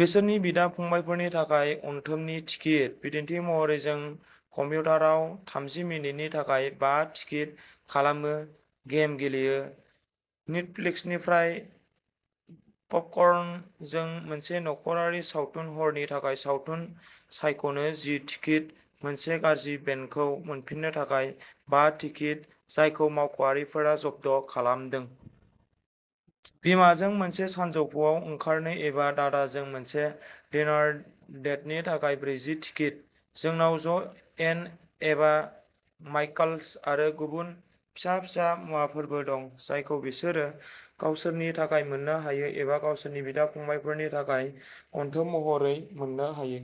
बिसोरनि बिदा-फंबायफोरनि थाखाय अनथोबनि टिकेट। बिदिन्थि महरै, जों कम्पिउटाराव थामजि मिनिटनि थाखाय बा टिकेट खालामो गेम गेलेयो। नेटफ्लिक्सनिफ्राय पपकर्नजों मोनसे नख'रारि सावथुन हरनि थाखाय सावथुन सायख'नो जि टिकेट। मोनसे गाज्रि बेन्डखौ मोनफिन्नो थाखाय बा टिकेट जायखौ मावख'आरिफोरा जब्द खालामदों। बिमाजों मोनसे सानजौफुआव ओंखारनो एबा दादाजों मोनसे डिनर डेटनि थाखाय ब्रैजि टिकेट। जोंनाव ज' एन एबा माइकल्स आरो गुबुन फिसा-फिसा मुवाफोरबो दं जायखौ बिसोरो गावसोरनि थाखाय मोननो हायो एबा गावसोरनि बिदा-फंबायफोरनि थाखाय अनथोब महरै मोननो हायो।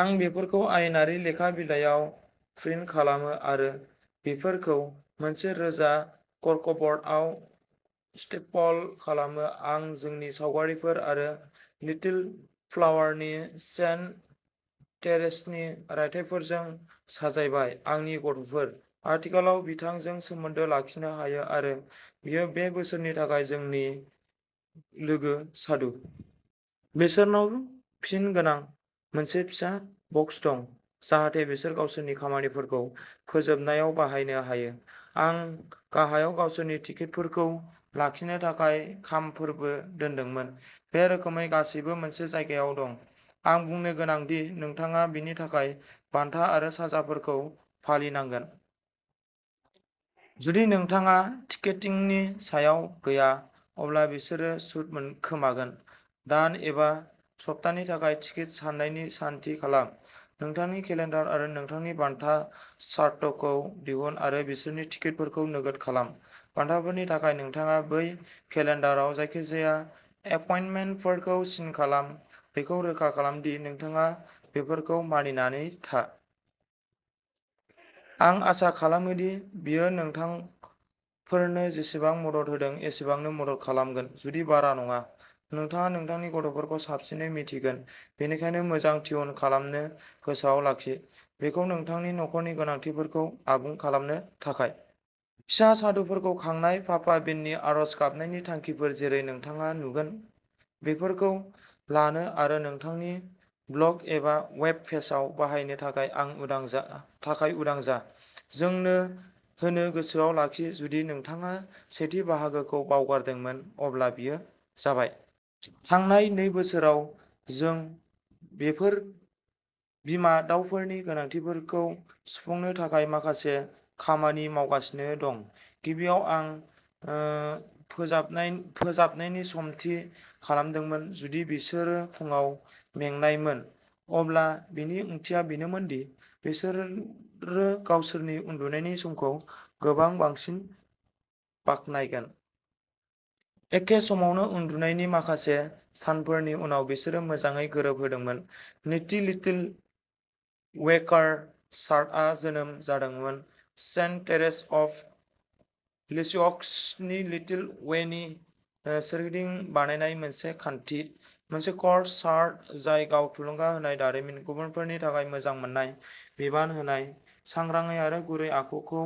आं बेफोरखौ आयेनारि लेखा बिलायाव प्रिन्ट खालामो आरो बेफोरखौ मोनसे रोजा कर्कब'र्डआव स्टेपल खालामो। आं जोंनि सावगारिफोर आरो लिटिल फ्लावरनि सेन्ट थेरेसनि रायथाइफोरजों साजायबाय। आंनि गथ'फोर। आथिखालाव बिथांजों सोमोन्दो लाखिनो हायो आरो बियो बे बोसोरनि थाखाय जोंनि लोगो साधु। बिसोरनाव पिन गोनां मोनसे फिसा बक्स दं, जाहाथे बिसोर गावसोरनि खामानिफोरखौ फोजोबनायाव बाहायनो हायो। आं गाहायाव गावसोरनि टिकेटफोरखौ लाखिनो थाखाय खामफोरबो दोन्दोंमोन। बे रोखोमै गासैबो मोनसे जायगायाव दं। आं बुंनो गोनां दि नोंथाङा बेनि थाखाय बान्था आरो साजाफोरखौ फालिनांगोन। जुदि नोंथाङा टिकेटिंनि सायाव गैया, अब्ला बिसोरो सुद खोमागोन। दान एबा सप्तानि थाखाय टिकेट सान्नायनि सान थि खालाम। नोंथांनि केलेन्डार आरो नोंथांनि बान्था चार्टखौ दिहुन आरो बिसोरनि टिकेटफोरखौ नोगोद खालाम। बान्थाफोरनि थाखाय नोंथाङा बै केलेन्डाराव जायखिजाया एपइन्टमेन्टफोरखौ सिन खालाम, बेखौ रोखा खालाम दि नोंथाङा बेफोरखौ मानिना था। आं आसा खालामो दि बेयो नोंथांफोरनो जेसेबां मदद होदों एसेबांनो मदद खालामगोन, जुदि बारा नङा। नोंथाङा नोंथांनि गथ'फोरखौ साबसिनै मिन्थिगोन, बेनिखायनो मोजां टिउन खालामनो गोसोआव लाखि। बेखौ नोंथांनि नखरनि गोनांथिफोरखौ आबुं खालामनो थाखाय। फिसा साधुफोरखौ खांनाय पापा बेननि आरज गाबनायनि थांखिफोर जेरै नोंथाङा नुगोन? बेफोरखौ लानो आरो नोंथांनि ब्लग एबा वेब पेजआव बाहायनो थाखाय उदां जा, जोंनो होनो गोसोआव लाखि जुदि नोंथाङा सेथि बाहागोखौ बावगारदोंमोन, अब्ला बेयो जाबाय। थांनाय नै बोसोराव जों बेफोर बिमा दावफोरनि गोनांथिफोरखौ सुफुंनो थाखाय माखासे खामानि मावगासिनो दं। गिबियाव, आं फोजाबनायनि सम थि खालामदोंमोन। जुदि बिसोरो फुंआव मेंनायमोन, अब्ला बेनि ओंथिया बेनोमोन दि बिसोरो गावसोरनि उन्दुनायनि समखौ गोबां बांसिन बाख्नायगोन। एखे समावनो उन्दुनायनि माखासे सानफोरनि उनाव, बिसोरो मोजाङै गोरोबहोदोंमोन। नैथि, लिटिल वे कर चार्टआ जोनोम जादोंमोन सेन्ट थेरेस अफ लिसिअक्सनि लिटिल वेनि सोरगिदिं बानायनाय मोनसे खान्थि। मोनसे कर चार्ट जाय गाव थुलुंगा होनाय दारिमिन, गुबुनफोरनि थाखाय मोजां मोननाय, बिबान होनाय, सांग्राङै आरो गुरै आखुखौ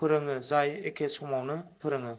फोरोंङो, जाय एखे समावनो फोरोंङो।